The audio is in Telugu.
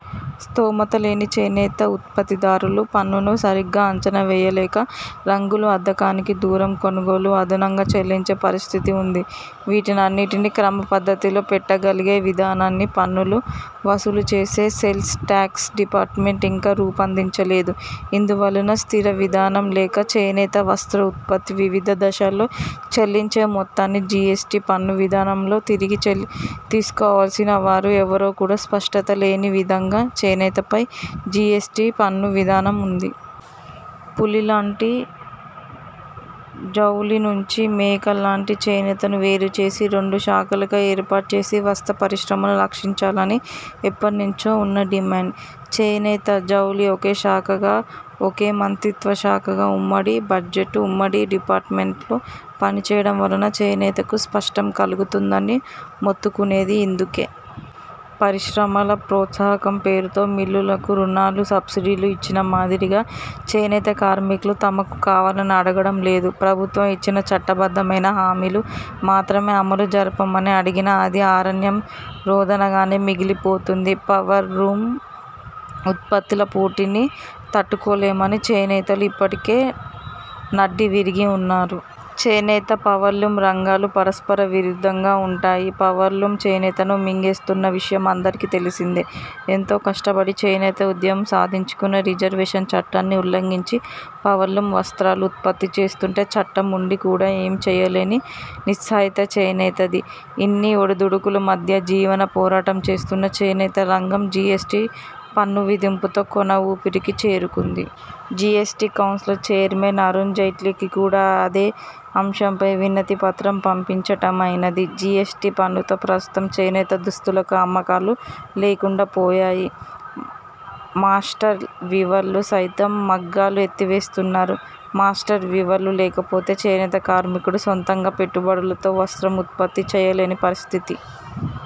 స్తోమతలేని చేనేత ఉత్పత్తిదారులు పన్నును సరిగా అంచనా వేయలేక రంగుల అద్దకానికి, దురం కొనుగోలుకు అదనంగా చెల్లించే పరిస్థితి వుంది. వీటన్నింటినీ క్రమ పద్ధతిలో పెట్టగలిగే విధానాన్ని పన్నులు వసూలుచేసే సేల్స్ టాక్స్ డిపార్ట్మెంట్ ఇంకా రూపొందించలేదు. ఇందువలన స్థిరవిధానం లేక చేనేత వస్త్ర ఉత్పత్తి వివిధ దశలలో చెల్లించే మొత్తాన్ని జీఎస్టీ పన్ను విధానంలో తిరిగి తీసుకోవలసిన వారు ఎవరో కూడా స్పష్టత లేని విధంగా చేనేతపై జీఎస్టీ పన్ను విధానం వుంది. పులి లాంటి జౌళి నుంచి మేక లాంటి చేనేతను వేరు చేసి, రెండు శాఖలుగా ఏర్పాటుచేసి వస్త్ర పరిశ్రమను రక్షించాలని ఎప్పటినుంచో ఉన్న డిమాండ్. చేనేత–జౌళి ఒకే శాఖగా, ఒకే మంత్రిత్వ శాఖగా ఉమ్మడి బడ్జెట్తో, ఉమ్మడి డిపార్ట్మెంట్తో పనిచేయటం వలన చేనేతకు నష్టం కలుగుతుందని మొత్తుకునేది ఇందుకే. పరిశ్రమల ప్రోత్సాహకం పేరుతో మిల్లులకు రుణాలు, సబ్సిడీలు ఇచ్చిన మాదిరిగా చేనేత కార్మికులు తమకు కావాలని అడగటం లేదు. ప్రభుత్వం ఇచ్చిన చట్టబద్ధమైన హామీలు మాత్రమే అమలు జరపమని అడిగినా అది అరణ్య రోదనగానే మిగిలిపోతోంది. పవర్లూమ్ ఉత్పత్తుల పోటీని తట్టుకోలేని చేనేతలు ఇప్పటికే నడ్డివిరిగి వున్నారు. చేనేత, పవర్లూమ్ రంగాలు పరస్పర విరుద్ధంగా ఉంటాయి. పవర్లూమ్ చేనేతను మింగేస్తున్న విషయం అందరికీ తెలిసిందే. ఎంతో కష్టపడి చేనేత ఉద్యమం సాధించుకున్న రిజర్వేషన్ చట్టాన్ని ఉల్లఘించి పవర్లూమ్ వస్త్రాలు ఉత్పత్తి చేస్తుంటే చట్టం ఉండి కూడా ఏమీ చేయలేని నిస్సహాయత చేనేతది. ఇన్ని ఒడిదుడుకుల మధ్య జీవన పోరాటం చేస్తున్న చేనేత రంగం జీఎస్టీ పన్ను విధింపుతో కొన ఊపిరికి చేరుకుంది. జీఎస్టీ కౌన్సిల్ చైర్మన్ అరుణ్ జైట్లీకి కూడా ఇదే అంశంపై వినతి పత్రం పంపించటమైనది. జీఎస్టీ పన్నుతో ప్రస్తుతం చేనేత దుస్తులకు అమ్మకాలు లేకుండా పోయాయి. మాష్టర్ వీవర్లు సైతం మగ్గాలు ఎత్తివేస్తున్నారు. మాష్టర్ వీవర్లు లేకపోతే చేనేత కార్మికుడు సొంతంగా పెట్టుబడులతో వస్త్ర ఉత్పత్తి చేయలేని పరిస్థితి.